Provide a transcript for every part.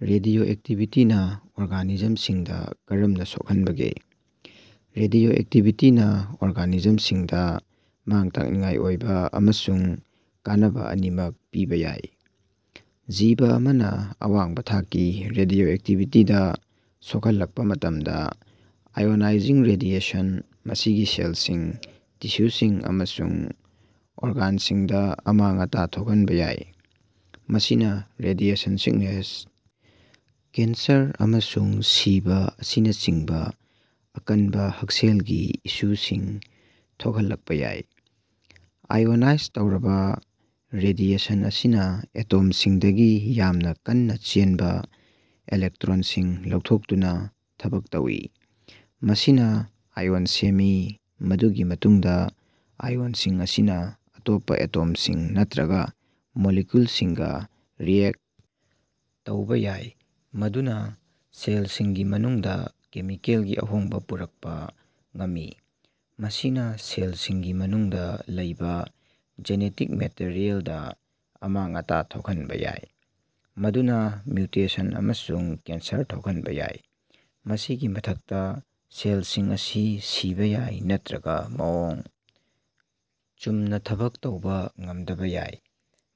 ꯔꯦꯗꯤꯑꯣꯑꯦꯛꯇꯤꯚꯤꯇꯤꯅ ꯑꯣꯔꯒꯥꯅꯤꯖꯝꯁꯤꯡꯗ ꯀꯔꯝꯅ ꯁꯣꯛꯍꯟꯕꯒꯦ? ꯔꯦꯗꯤꯑꯣꯑꯦꯛꯇꯤꯚꯤꯇꯤꯅ ꯑꯣꯔꯒꯥꯅꯤꯖꯝꯁꯤꯡꯗ ꯃꯥꯡ-ꯇꯥꯛꯅꯤꯡꯉꯥꯏ ꯑꯣꯏꯕ ꯑꯃꯁꯨꯡ ꯀꯥꯟꯅꯕ ꯑꯅꯤꯃꯛ ꯄꯤꯕ ꯌꯥꯏ꯫ ꯖꯤꯕ ꯑꯃꯅ ꯑꯋꯥꯡꯕ ꯊꯥꯛꯀꯤ ꯔꯦꯗꯤꯑꯣꯑꯦꯛꯇꯤꯚꯤꯇꯤꯗ ꯁꯣꯛꯍꯜꯂꯛꯄ ꯃꯇꯝꯗ, ꯑꯥꯏꯑꯣꯅꯥꯏꯖꯤꯡ ꯔꯦꯗꯤꯑꯦꯁꯟꯅ ꯃꯁꯤꯒꯤ ꯁꯦꯜꯁꯤꯡ, ꯇꯤꯁꯨꯁꯤꯡ ꯑꯃꯁꯨꯡ ꯑꯣꯔꯒꯥꯟꯁꯤꯡꯗ ꯑꯃꯥꯡ-ꯑꯇꯥ ꯊꯣꯛꯍꯟꯕ ꯌꯥꯏ꯫ ꯃꯁꯤꯅ ꯔꯦꯗꯤꯑꯦꯁꯟ ꯁꯤꯛꯅꯦꯁ, ꯀꯦꯟꯁꯔ, ꯑꯃꯁꯨꯡ ꯁꯤꯕ ꯑꯁꯤꯅꯆꯤꯡꯕ ꯑꯀꯟꯕ ꯍꯛꯁꯦꯜꯒꯤ ꯏꯁꯨꯁꯤꯡ ꯊꯣꯛꯍꯜꯂꯛꯄ ꯌꯥꯏ꯫ ꯑꯥꯏꯑꯣꯅꯥꯏꯖ ꯇꯧꯔꯕ ꯔꯦꯗꯤꯑꯦꯁꯟ ꯑꯁꯤꯅ ꯑꯦꯇꯣꯝꯁꯤꯡꯗꯒꯤ ꯌꯥꯝꯅ ꯀꯟꯅ‌ ꯆꯦꯟꯕ ꯏꯂꯦꯛꯇ꯭ꯔꯣꯟꯁꯤꯡ ꯂꯧꯊꯣꯛꯇꯨꯅ ꯊꯕꯛ ꯇꯧꯏ, ꯃꯁꯤꯅ ꯑꯥꯏꯑꯣꯟ ꯁꯦꯝꯃꯤ꯫ ꯃꯗꯨꯒꯤ ꯃꯇꯨꯡꯗ ꯑꯥꯏꯑꯣꯟꯁꯤꯡ ꯑꯁꯤꯅ ꯑꯇꯣꯞꯄ ꯑꯦꯇꯣꯝꯁꯤꯡ ꯅꯠꯇꯔꯒ ꯃꯣꯂꯤꯀ꯭ꯌꯨꯜꯁꯤꯡꯒ ꯔꯤꯑꯦꯛꯇ ꯇꯧꯕ ꯌꯥꯏ, ꯃꯗꯨꯅ ꯁꯦꯜꯁꯤꯡꯒꯤ ꯃꯅꯨꯡꯗ ꯀꯦꯃꯤꯀꯦꯜꯒꯤ ꯑꯍꯣꯡꯕ ꯄꯨꯔꯛꯄ ꯉꯝꯃꯤ꯫ ꯃꯁꯤꯅ ꯁꯦꯜꯁꯤꯡꯒꯤ ꯃꯅꯨꯡꯗ ꯂꯩꯕ ꯖꯦꯅꯦꯇꯤꯛ ꯃꯦꯇꯥꯔꯤꯑꯦꯜ ꯗꯥ ꯑꯃꯥꯡ-ꯑꯇꯥ ꯊꯣꯛꯍꯟꯕ ꯌꯥꯏ, ꯃꯗꯨꯅꯥ ꯃ꯭ꯌꯨꯇꯦꯁꯟ ꯑꯃꯁꯨꯡ ꯀꯦꯟꯁꯔ ꯊꯣꯛꯍꯟꯕ ꯌꯥꯏ꯫ ꯃꯁꯤꯒꯤ ꯃꯊꯛꯇ, ꯁꯦꯜꯁꯤꯡ ꯑꯁꯤ ꯁꯤꯕꯥ ꯌꯥꯏ ꯅꯠꯇꯔꯒ ꯃꯑꯣꯡ ꯆꯨꯝꯅ ꯊꯕꯛ ꯇꯧꯕ ꯉꯝꯗꯕ ꯌꯥꯏ,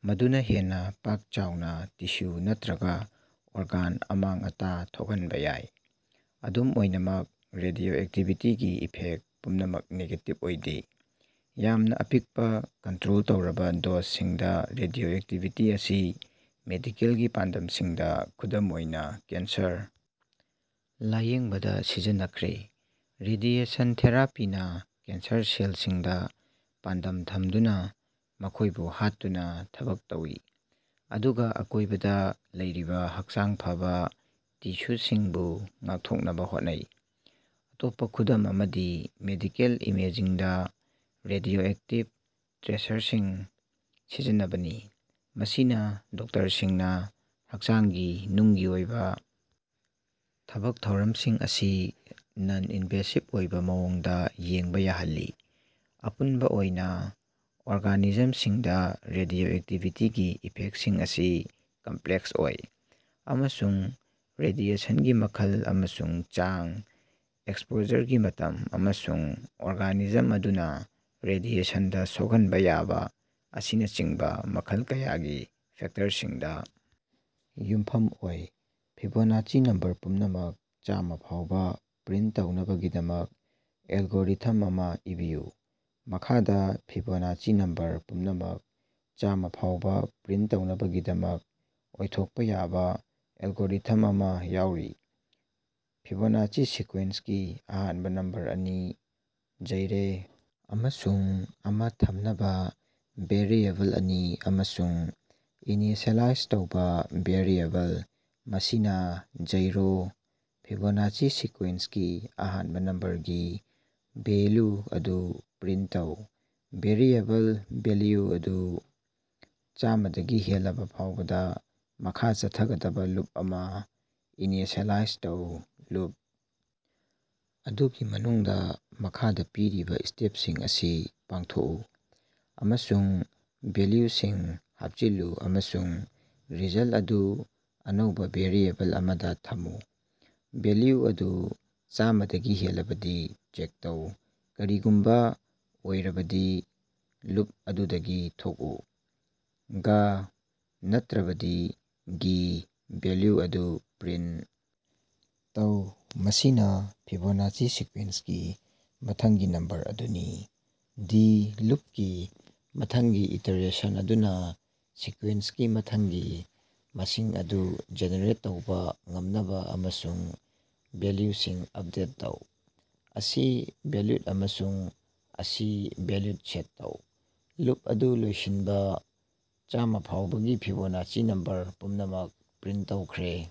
ꯃꯗꯨꯅ ꯍꯦꯟꯅ ꯄꯥꯛ-ꯆꯥꯎꯅ ꯇꯤꯁꯨ ꯅꯠꯇꯔꯒ ꯑꯣꯔꯒꯥꯟ ꯑꯃꯥꯡ-ꯑꯇꯥ ꯊꯣꯛꯍꯟꯕ ꯌꯥꯏ꯫ ꯑꯗꯨꯝ ꯑꯣꯏꯅꯃꯛ, ꯔꯦꯗꯤꯑꯣꯑꯦꯛꯇꯤꯚꯤꯇꯤꯒꯤ ꯏꯐꯦꯛꯇ ꯄꯨꯝꯅꯃꯛ ꯅꯦꯒꯦꯇꯤꯚ ꯑꯣꯏꯗꯦ꯫ ꯌꯥꯝꯅ ꯑꯄꯤꯛꯄ, ꯀꯟꯇꯔꯣꯜ ꯇꯧꯔꯕ ꯗꯣꯖꯁꯤꯡꯗ, ꯔꯦꯗꯤꯑꯣꯑꯦꯛꯇꯤꯚꯤꯇꯤ ꯑꯁꯤ ꯃꯦꯗꯤꯀꯦꯜꯒꯤ ꯄꯥꯟꯗꯝꯁꯤꯡꯗ, ꯈꯨꯗꯝ ꯑꯣꯏꯅ ꯀꯦꯟꯁꯔ ꯂꯥꯌꯦꯡꯕꯗ ꯁꯤꯖꯤꯟꯅꯈ꯭ꯔꯦ꯫ ꯔꯦꯗꯤꯑꯦꯁꯟ ꯊꯦꯔꯥꯄꯤꯅ ꯀꯦꯟꯁꯔ ꯁꯦꯜꯁꯤꯡꯗ ꯄꯥꯟꯗꯝ ꯊꯝꯗꯨꯅ ꯃꯈꯣꯏꯕꯨ ꯍꯥꯠꯇꯨꯅ ꯊꯕꯛ ꯇꯧꯏ, ꯑꯗꯨꯒ ꯑꯀꯣꯏꯕꯗ ꯂꯩꯔꯤꯕ ꯍꯛꯆꯥꯡ ꯐꯕꯥ ꯇꯤꯁ꯭ꯌꯨꯁꯤꯡꯕꯨ ꯉꯥꯛꯊꯣꯛꯅꯕ ꯍꯣꯠꯅꯩ꯫ ꯑꯇꯣꯞꯄ ꯈꯨꯗꯝ ꯑꯃꯗꯤ ꯃꯦꯗꯤꯀꯦꯜ ꯏꯃꯦꯖꯤꯡꯗ ꯔꯦꯗꯤꯑꯣꯑꯦꯛꯇꯤꯚ ꯇ꯭ꯔꯦꯁꯔꯁꯤꯡ ꯁꯤꯖꯤꯟꯅꯕꯅꯤ, ꯃꯁꯤꯅ ꯗꯣꯛꯇꯔꯁꯤꯡꯅ ꯍꯛꯆꯥꯡꯒꯤ ꯅꯨꯡꯒꯤ ꯑꯣꯏꯕ ꯊꯕꯛ ꯊꯧꯔꯝꯁꯤꯡ ꯑꯁꯤ ꯅꯟ-ꯏꯟꯚꯦꯁꯤꯕ ꯑꯣꯏꯕ ꯃꯑꯣꯡꯗ ꯌꯦꯡꯕ ꯌꯥꯍꯜꯂꯤ꯫ ꯑꯄꯨꯟꯕ ꯑꯣꯏꯅ, ꯑꯣꯔꯒꯥꯅꯤꯖꯝꯁꯤꯡꯗ ꯔꯦꯗꯤꯑꯣꯑꯦꯛꯇꯤꯚꯤꯇꯤꯒꯤ ꯏꯐꯦꯛꯇꯁꯤꯡ ꯑꯁꯤ ꯀꯝꯄ꯭ꯂꯦꯛꯁ ꯑꯣꯏ, ꯑꯃꯁꯨꯡ ꯔꯦꯗꯤꯑꯦꯁꯟꯒꯤ ꯃꯈꯜ ꯑꯃꯁꯨꯡ ꯆꯥꯡ, ꯑꯦꯛꯁꯄꯣꯖꯔꯒꯤ ꯃꯇꯝ, ꯑꯃꯁꯨꯡ ꯑꯣꯔꯒꯥꯅꯤꯖꯝ ꯑꯗꯨꯅ ꯔꯦꯗꯤꯑꯦꯁꯟꯗ ꯁꯣꯛꯍꯟꯕ ꯌꯥꯕ ꯑꯁꯤꯅꯆꯤꯡꯕ‌ ꯃꯈꯜ ꯀꯌꯥꯒꯤ ꯐꯦꯛꯇꯔꯁꯤꯡꯗ ꯌꯨꯝꯐꯝ ꯑꯣꯏ꯫ ꯐꯤꯕꯣꯅꯥꯆꯤ ꯅꯝꯕꯔ ꯄꯨꯝꯅꯃꯛ ꯆꯥꯝꯃꯥ ꯐꯥꯎꯕ ꯄ꯭ꯔꯤꯟꯇ ꯇꯧꯅꯕꯒꯤꯗꯃꯛ ꯑꯦꯜꯒꯣꯔꯤꯊꯝ ꯑꯃ ꯏꯕꯤꯌꯨ꯫ ꯃꯈꯥꯗ ꯐꯤꯕꯣꯅꯥꯆꯤ ꯅꯝꯕꯔ ꯄꯨꯝꯅꯃꯛ ꯆꯥꯝꯃꯥ ꯐꯥꯎꯕ‌ ꯄ꯭ꯔꯤꯟꯇ ꯇꯧꯅꯕꯒꯤꯗꯃꯛ ꯑꯣꯏꯊꯣꯛꯄ ꯌꯥꯕ ꯑꯦꯜꯒꯣꯔꯤꯊꯝ ꯑꯃ ꯌꯥꯎꯔꯤ - ꯐꯤꯕꯣꯅꯥꯆꯤ ꯁꯤꯀ꯭ꯋꯦꯟꯁꯀꯤ ꯑꯍꯥꯟꯕ ꯅꯝꯕꯔ ꯑꯅꯤ, ꯖꯩꯔꯦ ꯑꯃꯁꯨꯡ ꯑꯃ ꯊꯝꯅꯕ‌ ꯚꯦꯔꯤꯑꯦꯕꯜ ꯑꯅꯤ, ꯑꯃꯁꯨꯡ, ꯏꯅꯤꯁꯤꯑꯦꯂꯥꯏꯖ ꯇꯧꯕ ꯚꯦꯔꯤꯑꯦꯕꯜ, ꯃꯁꯤꯅ‌ ꯖꯩꯔꯣ, ꯐꯤꯕꯣꯅꯥꯆꯤ ꯁꯤꯀ꯭ꯋꯦꯟꯁꯀꯤ ꯑꯍꯥꯟꯕ ꯅꯝꯕꯔ ꯒꯤ ꯚꯦꯂ꯭ꯌꯨ ꯑꯗꯨ ꯄ꯭ꯔꯤꯟꯇ ꯇꯧ꯫ ꯚꯦꯔꯤꯑꯦꯕꯜ ꯚꯦꯂ꯭ꯌꯨ ꯑꯗꯨ ꯆꯥꯝꯃꯥꯗꯒꯤ ꯍꯦꯜꯂꯕ ꯐꯥꯎꯕꯗ ꯃꯈꯥ ꯆꯠꯊꯒꯗꯕ ꯂꯨꯞ ꯑꯃ ꯏꯅꯤꯁꯤꯑꯦꯂꯥꯏꯖ ꯇꯧ ꯂꯨꯞ ꯑꯗꯨꯒꯤ ꯃꯅꯨꯡꯗ ꯃꯈꯥꯗ ꯄꯤꯔꯤꯕ ꯁ꯭ꯇꯦꯞꯁꯤꯡ ꯑꯁꯤ ꯄꯥꯡꯊꯣꯛꯎ꯫ꯑꯃꯁꯨꯡ ꯚꯦꯂ꯭ꯌꯨꯁꯤꯡ ꯍꯥꯞꯆꯤꯜꯂꯨ ꯑꯃꯁꯨꯡ ꯔꯤꯖꯜꯇ ꯑꯗꯨ ꯑꯅꯧꯕ ꯚꯦꯔꯤꯑꯦꯕꯜ ꯑꯃꯗ‌ ꯊꯝꯃꯨ ꯚꯦꯂ꯭ꯌꯨ ꯑꯗꯨ ꯆꯥꯝꯃꯥꯗꯒꯤ ꯍꯦꯜꯂꯕꯗꯤ ꯆꯦꯛ ꯇꯧ, ꯀꯔꯤꯒꯨꯝꯕ ꯑꯣꯏꯔꯕꯗꯤ, ꯂꯨꯞ ꯑꯗꯨꯗꯒꯤ ꯊꯣꯛꯎ꯫ ꯒ ꯅꯠꯇꯔꯕꯗꯤ, ꯒꯤ ꯚꯦꯂ꯭ꯌꯨ ꯑꯗꯨ ꯄ꯭ꯔꯤꯟꯇ ꯇꯧ, ꯃꯁꯤꯅ ꯐꯤꯕꯣꯅꯥꯆꯤ ꯁꯤꯀ꯭ꯋꯦꯟꯁꯀꯤ ꯃꯊꯪꯒꯤ ꯅꯝꯕꯔ ꯑꯗꯨꯅꯤ꯫ ꯗꯤ ꯂꯨꯞꯀꯤ ꯃꯊꯪꯒꯤ ꯏꯇꯤꯔꯦꯁꯟ ꯑꯗꯨꯅ ꯁꯤꯀ꯭ꯋꯦꯟꯁꯀꯤ ꯃꯊꯪꯒꯤ ꯃꯁꯤꯡ ꯑꯗꯨ ꯖꯦꯅꯦꯔꯦꯠ ꯇꯧꯕ‌ ꯉꯝꯅꯕ ꯑꯃꯁꯨꯡ ꯚꯦꯂ꯭ꯌꯨꯁꯤꯡ ꯑꯞꯗꯦꯠ ꯇꯧ꯫ ꯑꯁꯤ ꯚꯦꯂ꯭ꯌꯨꯗ ꯑꯃꯁꯨꯡ ꯑꯁꯤ ꯚꯦꯂ꯭ꯌꯨꯗ ꯁꯦꯠ ꯇꯧ꯫ ꯂꯨꯞ ꯑꯗꯨ ꯂꯣꯏꯁꯤꯟꯕ - ꯆꯥꯝꯃꯥ ꯐꯥꯎꯕꯒꯤ ꯐꯤꯕꯣꯅꯥꯆꯤ ꯅꯝꯕꯔ ꯄꯨꯝꯅꯃꯛ ꯄ꯭ꯔꯤꯟꯇ ꯇꯧꯈ꯭ꯔꯦ꯫